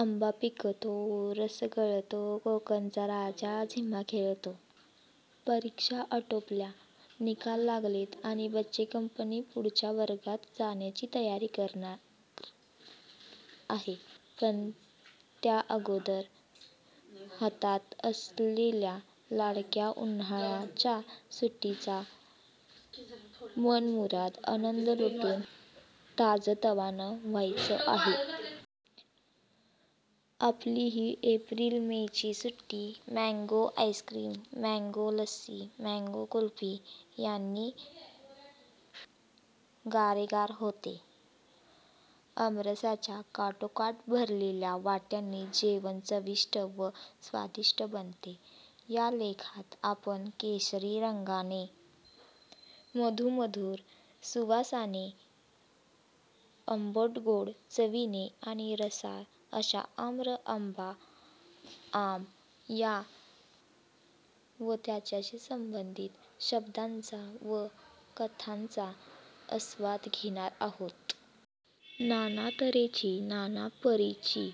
आंबा पिकितो, रस गळतो, कोकणचा राजा झिम्मा खेळतो'... परीक्षा आटोपल्या, निकाल लागलेत आणि बच्चेकंपनी पुढच्या वर्गात जाण्याची तयारी करणार आहे. पण त्या अगोदर हातात असलेल्या लाडक्या उन्हाळ्याच्या सुट्टीचा मनमुराद आनंद लुटून ताजंतवानं व्हायचं आहे. आपली ही एप्रिल-मेची सुट्टी mango ice cream, mango lassi, mango kulfi यांनी गारेगार होते. आमरसाच्या काठोकाठ भरलेल्या वाट्यांनी जेवण चविष्ट व स्वादिष्ट बनते. या लेखात आपण केशरी रंगाने, मधुमधुर सुवासाने, आंबटगोड चवीने आणि रसाळ अशा आम्र, आंबा, आम या व त्यांच्याशी संबंधित शब्दांचा व कथांचा आस्वाद घेणार आहोत. नाना तऱ्हेची, नाना परीची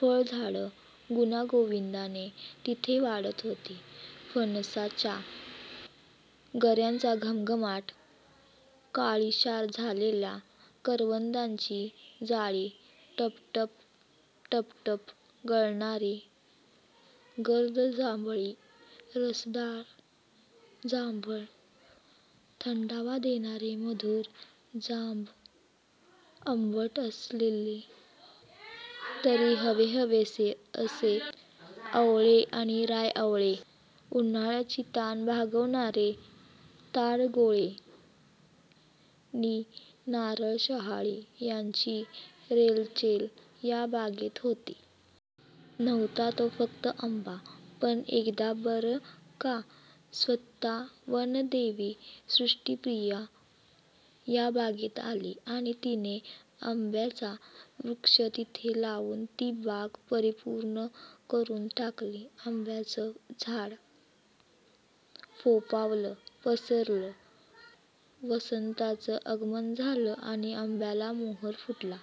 फळझाडं गुण्यागोविंदाने तिथे वाढत होती. फणसाच्या गऱ्यांचा घमघमाट, काळीशार झालेली करवंदाची जाळी, टपटप टपटप गळणारी गर्द जांभळी रसदार जांभळं, थंडावा देणारे मधुर जांब, आंबट असले, तरी हवेहवेसे असे आवळे नि रायआवळे, उन्हाळ्याची तहान भागवणारे ताडगोळे नि नारळ-शहाळी यांची रेलचेल या बागेत होती. नव्हता तो फक्त आंबा. पण एकदा बरं का, स्वतः वनदेवी सृष्टीप्रिया त्या बागेत आली आणि तिने आंब्याचा वृक्ष तिथे लावून ती बाग परिपूर्ण करून टाकली. आंब्याचं झाड फोफावलं, पसरलं. वसंताचं आगमन झालं आणि आंब्याला मोहोर फुटला.